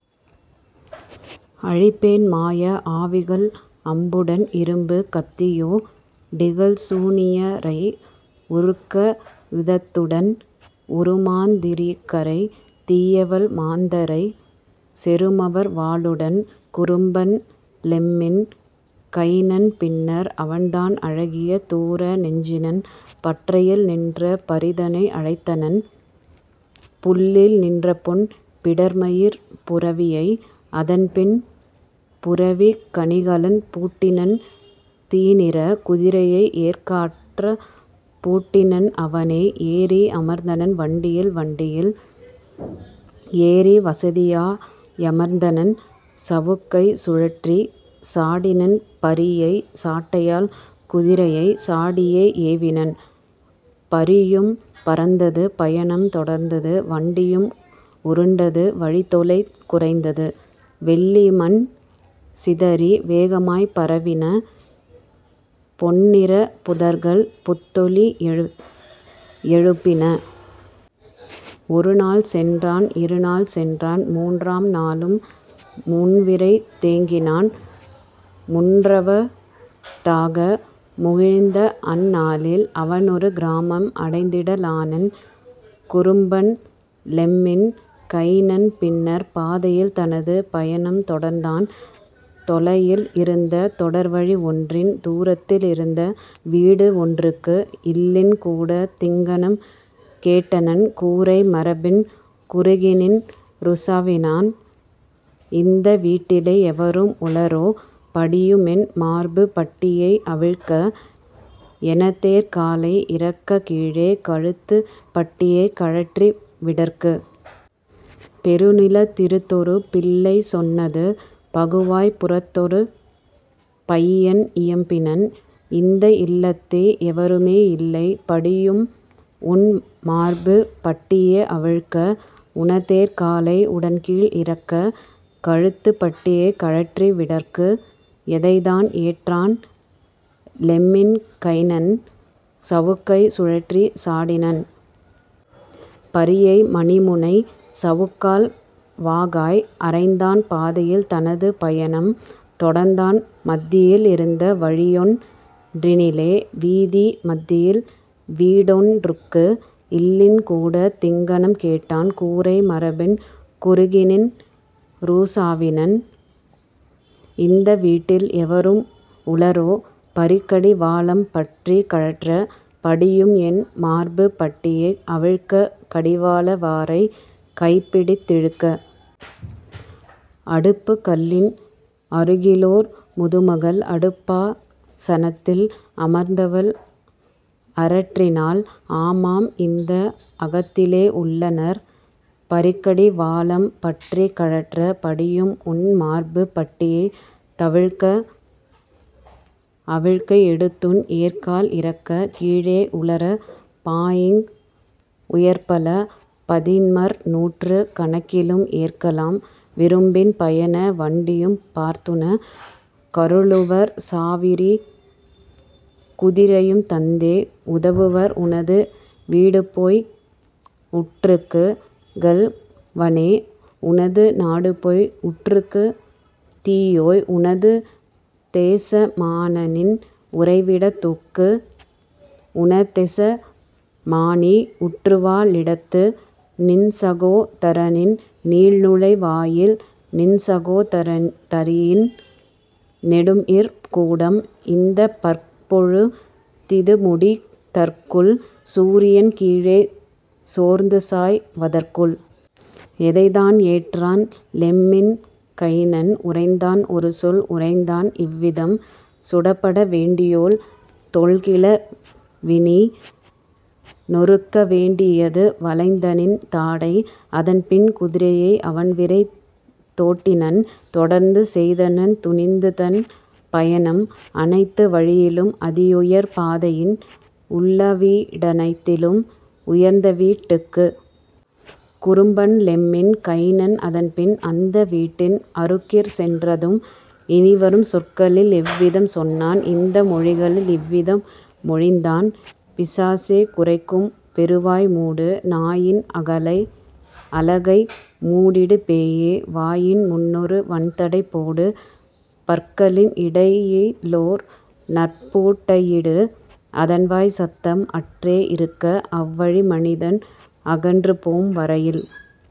அழிப்பேன் மாய ஆவிகள் அம்புடன் இரும்புக் கத்தியோ டிகல்சூ னியரை உருக்கா யுதத்துடன் உறுமாந் திரிகரை தீயவல் மாந்தரைச் செறுமவர் வாளுடன்! " குறும்பன் லெம்மின் கைனன் பின்னர் அவன்தான் அழகிய தூர நெஞ்சினன் பற்றையில் நின்ற பரிதனை அழைத்தனன் புல்லில் நின்றபொன் பிடர்மயிர்ப் புரவியை அதன்பின் புரவிக் கணிகலன் பூட்டினன் தீநிறக் குதிரையை ஏர்க்காற் பூட்டினன் அவனே ஏறி அமர்ந்தனன் வண்டியில் வண்டியில் ஏறி வசதியா யமர்ந்தனன் சவுக்கைச் சுழற்றிச் சாடினன் பரியை சாட்டையால் குதிரையை சாடியே ஏவினன்; பரியும் பறந்தது பயணம் தொடர்ந்தது வண்டியும் உருண்டது வழித்தொலை குறைந்தது வெள்ளிமண் சிதறி வேகமாய்ப் பரவின பொன்னிறப் புதர்கள் புத்தொலி யெழுப்பின. ஒருநாள் சென்றான் இருநாள் சென்றான் மூன்றாம் நாளும் முன்விரைந் தேகினான் மூன்றாவ தாக முகிழ்த்தஅந் நாளில் அவன்ஒரு கிராமம் அடைந்திட லானான். குறும்பன் லெம்மின் கைனன் பின்னர் பாதையில் தனது பயணம் தொடர்ந்தான் தொலையில் இருந்த தொடர்வழி ஒன்றின் தூரத்தில் இருந்த வீடு ஒன்றுக்கு; இல்லின் கூடத் திங்ஙனம் கேட்டனன் கூரை மரப்பின் குறுகிநின் றுசாவினன்: "இந்த வீட்டிலே எவரும் உளரோ படியும்என் மார்புப் பட்டியை அவிழ்க்க எனதேர்க் காலை இறக்கக் கீழே கழுத்துப் பட்டியைக் கழற்றி விடற்கு? " பெருநிலத் திருந்தொரு பிள்ளை சொன்னது பகுவாய்ப் புறத்தொரு பையன் இயம்பினன்: "இந்தஇல் லத்தே எவருமே இல்லை படியும்உன் மார்புப் பட்டியே அவிழ்க்க உனதேர்க் காலை உடன்கீழ் இறக்க கழுத்துப் பட்டியைக் கழற்றி விடற்கு. " எதைத்தான் ஏற்றான் லெம்மின் கைனன் சவுக்கைச் சுழற்றிச் சாடினன் பரியை மணிமுனைச் சவுக்கால் வாகாய் அறைந்தான் பாதையில் தனது பயணம் தொடர்ந்தான் மத்தியில் இருந்த வழியொன் றினிலே வீதி மத்தியில் வீடொன் றுக்கு; இல்லின் கூடத் திங்ஙனம் கேட்டான் கூரை மரப்பின் குறுகிநின் றுசாவினன்: "இந்த வீட்டில் எவரும் உளரோ பரிக்கடி வாளம் பற்றிக் கழற்ற படியும்என் மார்புப் பட்டியை அவிழ்க்க கடிவாள வாரைக் கைப்பிடித் திழுக்க? " அடுப்புக் கல்லின் அருகிலோர் முதுமகள் அடுப்பா சனத்தில் அமர்ந்தவள் அரற்றினாள்: "ஆமாம், இந்த அகத்திலே உள்ளனர் பரிக்கடி வாளம் பற்றிக் கழற்ற படியும்உன் மார்புப் பட்டியை அவிழ்க்க எடுத்துன் ஏர்க்கால் இறக்கக் கீழே உளரப் பாஇங் உயர்பல பதின்மர் நூற்றுக் கணக்கிலும் ஏற்கலாம் விரும்பின் பயண வண்டியும் பார்த்துனக் கருளுவர் சாவரிக் குதிரையும் தந்தே உதவுவர் உனது வீடுபோய் உற்ருகுக் கள்வனே உனது நாடுபோய் உற்ருகுத் தீயோய் உனதுதெச மானனின் உறைவிடத் துக்கு உனதெச மானி உற்றுவா ழிடத்து நின்சகோ தரனின் நீள்நுழை வாயில் நின்சகோ தரியின் நெடும்இற் கூடம் இந்தப் பகற்பொழு திதுமுடி தற்குள் சூரியன் கீழே சோர்ந்துசாய் வதற்குள். " எதைத்தான் ஏற்றான் லெம்மின் கைனன் உரைந்தான் ஒருசொல் உரைந்தான் இவ்விதம்: "சுடப்பட வேண்டியோள், தொல்கிழ விநீ! நொருக்கவேண் டியது வளைந்தநின் தாடை. " அதன்பின் குதிரையை அவன்விரைந் தோட்டினன் தொடர்ந்து செய்தனன் துணிந்துதன் பயணம் அனைத்து வழியிலும் அதிஉயர் பாதையின் உள்ளவீ டனைத்திலும் உயர்ந்தவீட் டுக்கு. குறும்பன் லெம்மின் கைனன் அதன்பின் அந்த வீட்டின் அருகிற் சென்றதும் இனிவரும் சொற்களில் இவ்விதம் சொன்னான் இந்த மொழிகளில் இவ்விதம் மொழிந்தான்: "பிசாசே, குரைக்கும் பெருவாய் மூடு! நாயின் அலகை மூடிடு பேயே! வாயின் முன்னொரு வன்தடை போடு பற்களின் இடையிலோர் நற்பூட் டையிடு அதன்வாய்ச் சத்தம் அற்றே இருக்க அவ்வழி மனிதன் அகன்றுபோம் வரையில்.